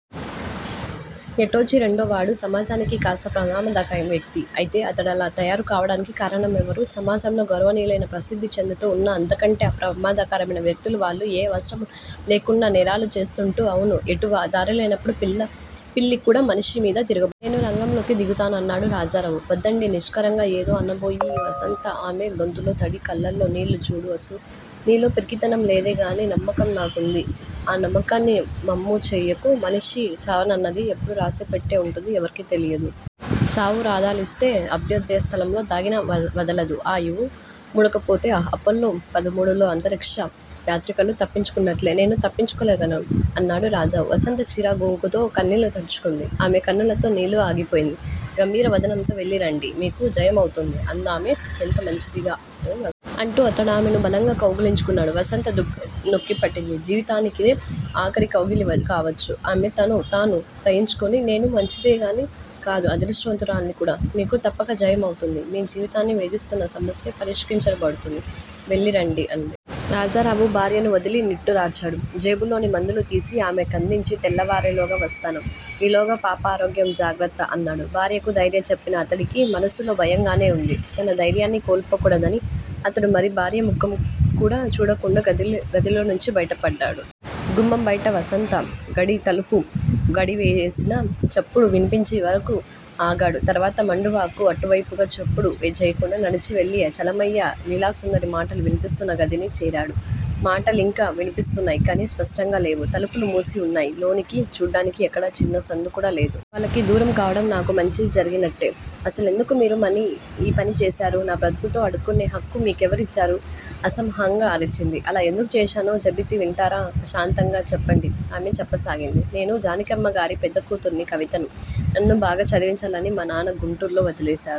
ఎటొచ్చీ రెండోవాడు సమాజనికి కాస్త ప్రమాదకరమయిన వ్యక్తి. అయితే అతడలా తయారు కావడానికి కారణమెవరు? సమాజంలో గౌరవనీయులుగా ప్రసిద్ధి చెందుతూ ఉన్న అంతకంటే ప్రమాదకరమయిన వ్యక్తులు, వాళ్ళు ఏ అవసరమూ లేకుండా నేరాలు చేస్తూంటారు. అవును. ఎటూ దారిలేనప్పుడు పిల్లి కూడా మనిషి మీద తిరగబడింది. నేను రంగంలోకి దిగుతాను అన్నాడు రాజారావు. వద్దండీ _ నిష్కారణంగా ఏదో అనబోయి ది వసంత. ఆమె గొంతులో తడి, కళ్ళలో నీళ్ళు చూడు వసూ! నీలో పిరికితనం లేదనే నమ్మకం నాకుంది. ఆ నమ్మకాన్ని వమ్ముచేయకు. మనిషికి చావన్నది ఎప్పుడు రాసిపెట్టి ఉంటుందో ఎవరికీ తెలియదు. చావు రాదలిస్తే అభేద్యస్థలంలో దాగినా వదలదు. ఆయువు మూడకపొతే _ అపోలో పదమూడులో అంతరిక్ష యాత్రికులు తప్పించుకున్నట్ట్లే నేనూ తప్పించుకోగలను అన్నాడు రాజారావు. వసంత చీరగోంగుతో కన్నీళ్ళు తుడుచుకుంది ఆమె కనులలో నీళ్ళు ఆగిపోయాయి. గంభీర వదనంతో __ వెళ్ళిరండి! మీకు జయమవుతుంది! అందామె. ఎంత మంచిదానివి వసూ! అంటూ అతడామెను బలంగా కౌగలించుకున్నాడు. వసంత దుఃఖాన్ని నొక్కిపట్టింది. జీవితానికదే ఆఖరి కౌగలి కావచ్చు. ఆమె తన్ను తాను తమాయించుకుని __ నెను మంచిదాన్నే కాదు __ అదృష్టవంతురాలిని కూడా. మీకు తప్పక జయమవుతుంది. మీ జీవితాన్ని వేధిస్తున్న సమస్య పరిష్కరించబడుతుంది. వెళ్ళిరండి __ అంది. రాజారావు భార్యను వదిలి నిట్టూర్చాడు. జేబులోని మందులు తీసి అమెకందించి _ తెల్లవారేలోగా వస్తాను. ఈలోగా పాప ఆరోగ్యం జాగ్రత్త! అన్నాడు. భార్యకు ధైర్య చెప్పినా అతడికీ మనసులో భయంగానే ఉంది. తన ధైర్యాన్ని కోల్పోకూడదని అతడు మరి భార్య ముఖం కూడా చూడకుండా గదిలోంచి బయటపడ్డాడు. గుమ్మం బయట వసంత గడితలుపు గడియవేసిన చప్పుడు వినిపించే వరకూ ఆగాడు. తర్వాత మండువాకు అటువైపుగా చప్పుడు చేయకుండా నడిచివెళ్ళి చలమయ్య, లీలాసుందరి మాటలు వినిపిస్తున్న గదిని చేరాడు. మాటలింకా వినిపిస్తున్నాయి కానీ స్పష్టంగా లేవు తలుపులు మూసి ఉన్నాయి. లోనికి చూడ్డానికి ఎక్కడా చిన్న సందు కూడా లేదు. వాళ్ళకి దూరం కావటం నాకు మంచి జరిగినట్టా? అసలెందుకు మీరా పని చేశారు? నా బ్రతుకుతో ఆడుకునే హక్కు మీ కెవరిచ్చారు? అసహనంగా అరిచింది. అలా ఎందుకు చేశానో చెబితేవింటారా శాంతంగా! చెప్పండి! ఆమె చెప్పసాగింది. నేను జానికమ్మగారి పెద్దకూతురిని కవితని. నన్ను బాగా చదివించాలని మా నాన్న గుంటూరులో వదిలేశారు.